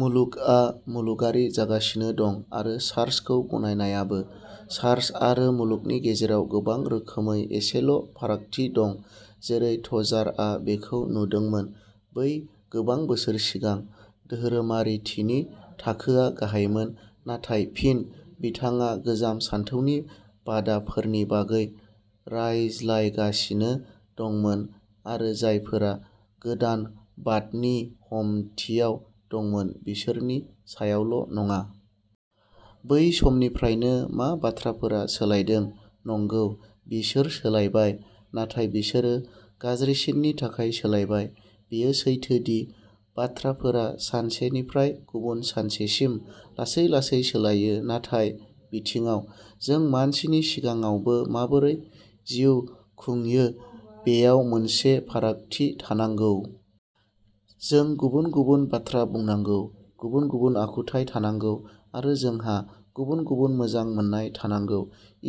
मुलुगआ मुलुगारि जागासिनो दं आरो चार्चखौ गनायनायाबो। चार्च आरो मुलुगनि गेजेराव गोबां रोखोमै एसेल'फारागथि दं। जेरै टजारआ बेखौ नुदोंमोन, बै गोबां बोसोर सिगां, धोरोमारिथिनि थाखोआ गाहायमोन। नाथाय फिन, बिथाङा गोजाम सानथौनि बादाफोरनि बागै रायज्लायगासिनो दंमोन आरो जायफोरा गोदानबादनि हमथियाव दंमोन बिसोरनि सायावल'नङा। बै समनिफ्रायनो मा बाथ्राफोरा सोलायदों? नंगौ, बिसोर सोलायबाय, नाथाय बिसोरो गाज्रिसिननि थाखाय सोलायबाय। बेयो सैथो दि बाथ्राफोरा सानसेनिफ्राय गुबुन सानसेसिम लासै लासै सोलायो, नाथाय बिथिङाव। जों मानसिनि सिगाङावबो माबोरै जिउ खुंयो बेयाव मोनसे फारागथि थानांगौ। जों गुबुन-गुबुन बाथ्रा बुंनांगौ, गुबुन-गुबुन आखुथाय थानांगौ, आरो जोंहा गुबुन-गुबुन मोजां मोननाय थानांगौ।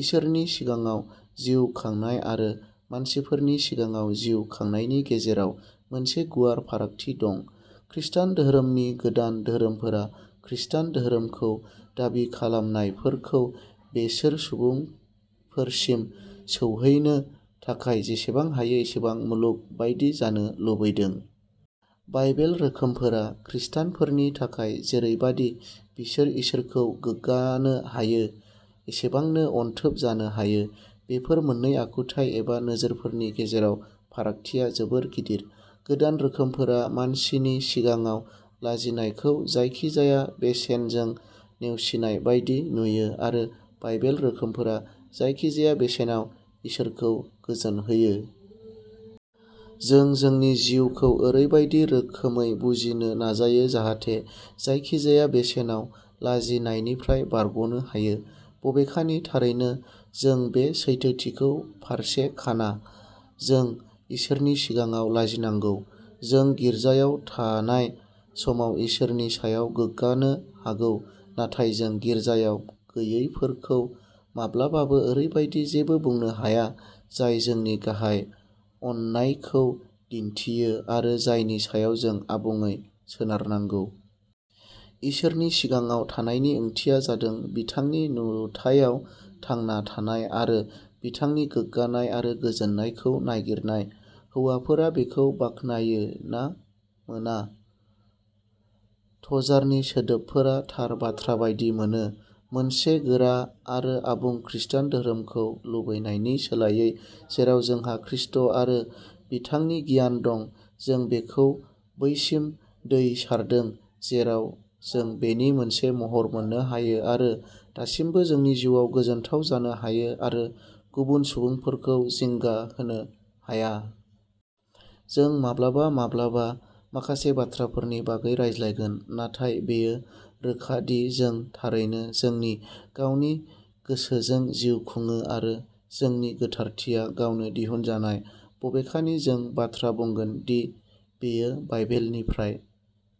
इसोरनि सिगाङाव जिउ खांनाय आरो मानसिफोरनि सिगाङाव जिउ खांनायनि गेजेराव मोनसे गुवार फारागथि दं। खृष्टान धोरोमनि गोदान रोखोमफोरा खृष्टान धोरोमखौ दाबि खालामनायफोरखौ बेसोर सुबुंफोरसिम सौहैनो थाखाय जेसेबां हायो एसेबां मुलुग बायदि जानो लुबैदों। बाइबेल रोखोमफोरा खृष्टानफोरनि थाखाय जेरैबादि बिसोर इसोरखौ गोग्गानो हायो एसेबांनो अनथोब जानो हायो। बेफोर मोन्नै आखुथाय एबा नोजोरफोरनि गेजेराव फारागथिया जोबोद गिदिर। गोदान रोखोमफोरा मानसिनि सिगाङाव लाजिनायखौ जायखिजाया बेसेनजों नेवसिनाय बायदि नुयो आरो बाइबेल रोखोमफोरा जायखिजाया बेसेनाव इसोरखौ गोजोनहोनो। जों जोंनि जिउखौ ओरैबायदि रोखोमै बुजिनो नाजायो जाहाथे जायखिजाया बेसेनाव लाजिनायनिफ्राय बारग'नो हायो, बबेखानि थारैनो जों बे सैथोथिनि फारसे खाना। जों इसोरनि सिगाङाव लाजिनांगौ। जों गिर्जायाव थानाय समाव इसोरनि सायाव गोग्गानो हागौ, नाथाय जों गिर्जायाव गैयैफोरखौ माब्लाबाबो ओरैबायदि जेबो बुंनो हाया जाय जोंनि गाहाय अननायखौ दिन्थियो आरो जायनि सायाव जों आबुङै सोनारनांगौ। इसोरनि सिगाङाव थानायनि ओंथिया जादों बिथांनि नुथायाव थांना थानाय आरो बिथांनि गोग्गानाय आरो गोजोननायखौ नागिरनाय, हौवाफोरा बेखौ बाख्नायो ना मोना। टजारनि सोदोबफोरा थार बाथ्रा बायदि मोनो। मोनसे गोरा आरो आबुं खृस्टान धोरोमखौ लुबैनायनि सोलायै जेराव जोंहा खृष्ट आरो बिथांनि गियान दं, जों बेखौ बैसिम दै सारदों जेराव जों बेनि मोनसे महर मोननो हायो आरो दासिमबो जोंनि जिउआव गोजोनथाव जानो हायो आरो गुबुन सुबुंफोरखौ जिंगा होनो हाया। जों माब्लाबा माब्लाबा माखासे बाथ्राफोरनि बागै रायज्लायगोन, नाथाय बेयो रोखा दि जों थारैनो जोंनि गावनि गोसोजों जिउ खुङो आरो जोंनि गोथारथिया गावनो दिहुनजानाय, बबेखानि जों बाथ्रा बुंगोन दि बेयो बाइबेलनिफ्राय।